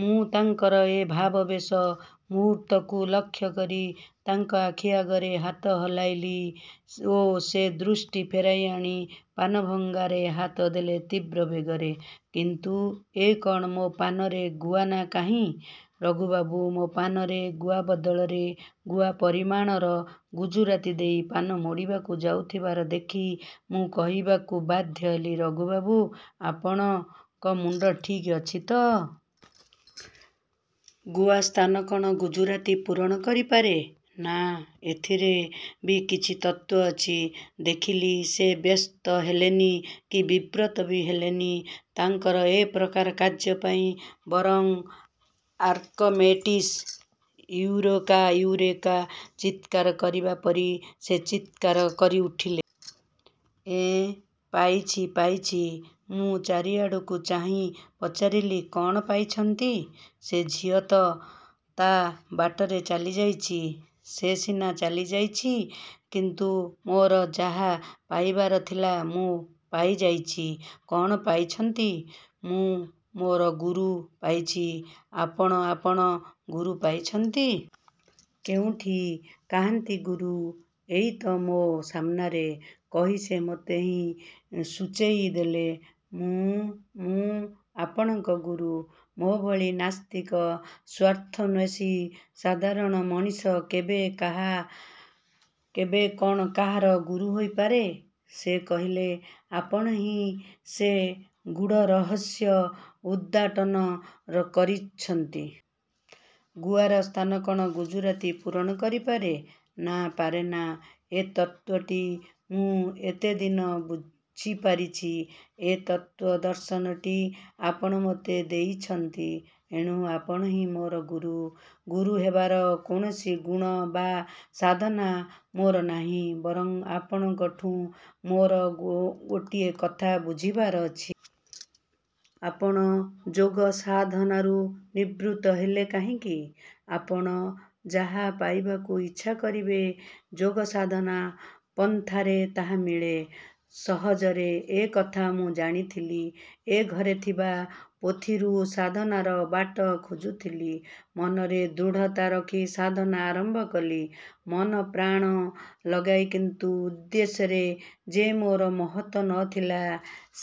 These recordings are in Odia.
ମୁଁ ତାଙ୍କର ଏ ଭାବାବେଶ ମୁହୂର୍ତ୍ତକୁ ଲକ୍ଷ୍ୟ କରି ତାଙ୍କ ଆଖି ଆଗରେ ହାତ ହଲେଇଲି ଓ ସେ ଦୃଷ୍ଟି ଫେରାଇ ଆଣି ପାନଭଙ୍ଗାରେ ହାତ ଦେଲେ ତୀବ୍ର ବେଗରେ। କିନ୍ତୁ ଏ କ'ଣ, ମୋ'ପାନରେ ଗୁଆ କାହିଁ? ରଘୁବାବୁ ମୋ' ପାନରେ ଗୁଆ ବଦଳରେ ଗୁଆ ପରିମାଣର ଗୁଜୁରାତି ଦେଇ ପାନ ମୋଡ଼ିବାକୁ ଯାଉଥିବାର ଦେଖି ମୁଁ କହିବାକୁ ବାଧ୍ୟ ହେଲି-ରଘୁବାବୁ, ଆପଣଙ୍କ ମୁଣ୍ଡ ଠିକ୍ ଅଛି ତ? ଗୁଆ ସ୍ଥାନ କ'ଣ ଗୁଜୁରାତି ପୂରଣ କରିପାରେ? ନା ଏଥିରେ ବି କିଛି ତତ୍ତ୍ଵ ଅଛି? ଦେଖିଲି ସେ ବ୍ୟସ୍ତ ହେଲେନି କି ବିବ୍ରତ ବି ହେଲେନି ତାଙ୍କର ଏପ୍ରକାର କାର୍ଯ୍ୟ ପାଇଁ। ବରଂ ଆର୍କମେଡ଼ିସ୍ ୟୁରୋକା ୟୁରୋକା ଚିତ୍କାର କରିବା ପରି ସେ ଚିତ୍କାର କରିଉଠିଲେ ଏଁ ପାଇଛି ପାଇଛି। ମୁଁ ଚାରିଆଡ଼କୁ ଚାହିଁ ପଚାରିଲି-କ'ଣ ପାଇଛନ୍ତି? ସେ ଝିଅତ ତା' ବାଟରେ ଚାଲିଯାଇଛି। ସେ ସିନା ଚାଲିଯାଇଛି କିନ୍ତୁ ମୋର ଯାହା ପାଇବାର ଥିଲା ମୁଁ ପାଇଯାଇଛି। କ'ଣ ପାଇଛନ୍ତି? ମୁଁ ମୋ' ଗୁରୁ ପାଇଛି। ଆପଣ ଆପଣ ଗୁରୁ ପାଇଛନ୍ତି? କେଉଁଠି? କାହାନ୍ତି ଗୁରୁ? 'ଏଇ ତ ମୋ' ସାମନାରେ'-କହି ସେ ମୋତେ ହିଁ ସୂଚେଇ ଦେଲେ। ମୁଁ ମୁଁ ଆପଣଙ୍କ ଗୁରୁ? ମୋ'ଭଳି ନାସ୍ତିକ, ସ୍ଵାର୍ଥନ୍ଵେଷୀ, ସାଧାରଣ ମଣିଷ କେବେ କ'ଣ କାହାର ଗୁରୁ ହୋଇପାରେ? ସେ କହିଲେ-ଆପଣ ହିଁ ସେ ଗୂଢ଼ ରହସ୍ୟ ଉଦ୍ଘାଟନ କରିଛନ୍ତି। ଗୁଆର ସ୍ଥାନ କ'ଣ ଗୁଜୁରାତି ପୂରଣ କରିପାରେ? ନା, ପାରେନା। ଏ ତତ୍ତ୍ଵଟି ମୁଁ ଏତେଦିନେ ବୁଝିପାରିଛି। ଏ ତତ୍ତ୍ଵ, ଦର୍ଶନଟି ଆପଣ ମୋତେ ଦେଇଛନ୍ତି। ଏଣୁ ଆପଣ ହିଁ ମୋର ଗୁରୁ। ଗୁରୁ ହେବାର କୌଣସି ଗୁଣ ବା ସାଧନା ମୋର ନାହିଁ। ବରଂ ଆପଣଙ୍କଠୁଁ ମୋର ଗୋଟିଏ କଥା ବୁଝିବାର ଅଛି। ଆପଣ ଯୋଗ ସାଧନାରୁ ନିବୃତ୍ତ ହେଲେ କାହିଁକି? ଆପଣ ଯାହା ପାଇବାକୁ ଇଚ୍ଛା କରିବେ ଯୋଗସାଧନ ପନ୍ଥାରେ ତାହା ମିଳେ ସହଜରେ-ଏ କଥା ମୁଁ ଜାଣିଥିଲି ଓ ଘରେ ଥିବା ପୋଥିରୁ ସାଧନାର ବାଟ ଖୋଜୁଥିଲି। ମନରେ ଦୃଢ଼ତା ରଖି ସାଧନା ଆରମ୍ଭ କଲି-ମନ ପ୍ରାଣ ଲଗାଇ, କିନ୍ତୁ ଉଦ୍ଦେଶ୍ୟ ଯେ ମୋର ମହତ ନଥିଲା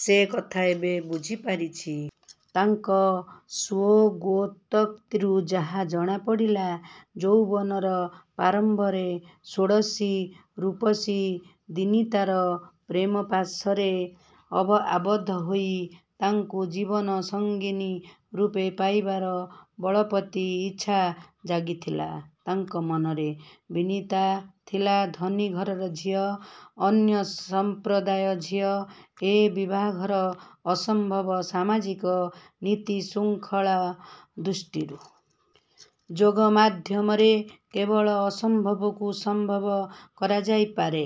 ସେ କଥା ଏବେ ବୁଝିପାରିଛି। ତାଙ୍କ ସ୍ଵଗୋତୋକ୍ତିରୁ ଯାହା ଜଣାପଡ଼ିଲା-ଯୌବନର ପ୍ରାରମ୍ଭରେ ଷୋଡ଼ଶୀ ରୂପସୀ ବିନିତାର ପ୍ରେମ ପାଶରେ ଆବଦ୍ଧ ହୋଇ ତାକୁ ଜୀବନସଙ୍ଗିନୀ ରୂପେ ପାଇବାର ବଳବତୀ ଇଚ୍ଛା ଜାଗିଥିଲା ତାଙ୍କ ମନରେ। ବିନିତା ଥିଲା ଧନୀ ଘରର ଝିଅ, ଅନ୍ୟ ସମ୍ପ୍ରଦାୟ ଝିଅ। ଏ ବିଭାଘର ଅସମ୍ଭବ ସାମାଜିକ ନୀତି ଶୃଙ୍ଖଳା ଦୃଷ୍ଟିରୁ। ଯୋଗ ମାଧ୍ୟମରେ କେବଳ ଅସମ୍ଭବକୁ ସମ୍ଭବ କରାଯାଇପାରେ।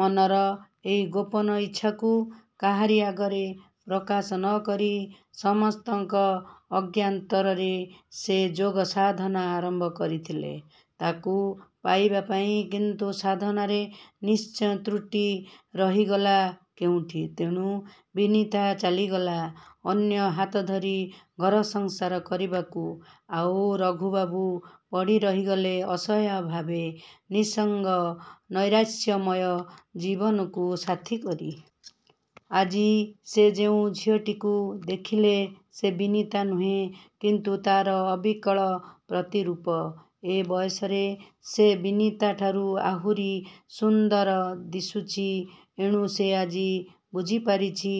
ମନର ଏଇ ଗୋପନ ଇଚ୍ଛାକୁ କାହାରି ଆଗରେ ପ୍ରକାଶ ନକରି ସମସ୍ତଙ୍କ ଅଜ୍ଞାତରେ ସେ ଯୋଗ ସାଧନା ଆରମ୍ଭ କରିଥିଲେ ତାକୁ ପାଇବା ପାଇଁ; କିନ୍ତୁ ସାଧନାରେ ନିଶ୍ଚୟ ତ୍ରୁଟି ରହିଗଲା କେଉଁଠି, ତେଣୁ ବିନିତା ଚାଲିଗଲା ଅନ୍ୟ ହାତଧରି ଘରସଂସାର କରିବାକୁ ଆଉ ରଘୁବାବୁ ପଡ଼ି ରହିଗଲେ ଅସହାୟ ଭାବେ ନିଃସଙ୍ଗ, ନୈରାଶ୍ୟମୟ ଜୀବନକୁ ସାଥିକରି। ଆଜି ସେ ଯେଉଁ ଝିଅଟିକୁ ଦେଖିଲେ ସେ ବିନିତା ନୁହେଁ କିନ୍ତୁ ତା'ର ଅବିକଳ ପ୍ରତିରୂପ। ଏ ବୟସରେ ସେ ବିନିତାଠାରୁ ଆହୁରି ସୁନ୍ଦର ଦିଶୁଛି। ଏଣୁ ସେ ଆଜି ବୁଝିପାରିଛନ୍ତି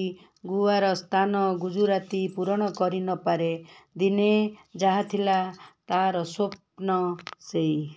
ଗୁଆର ସ୍ଥାନ ଗୁଜୁରାତି ପୂରଣ କରିନପାରେ। ଦିନେ ଯାହାଥିଲା ତାଙ୍କର ସ୍ଵପ୍ନ ସେଇ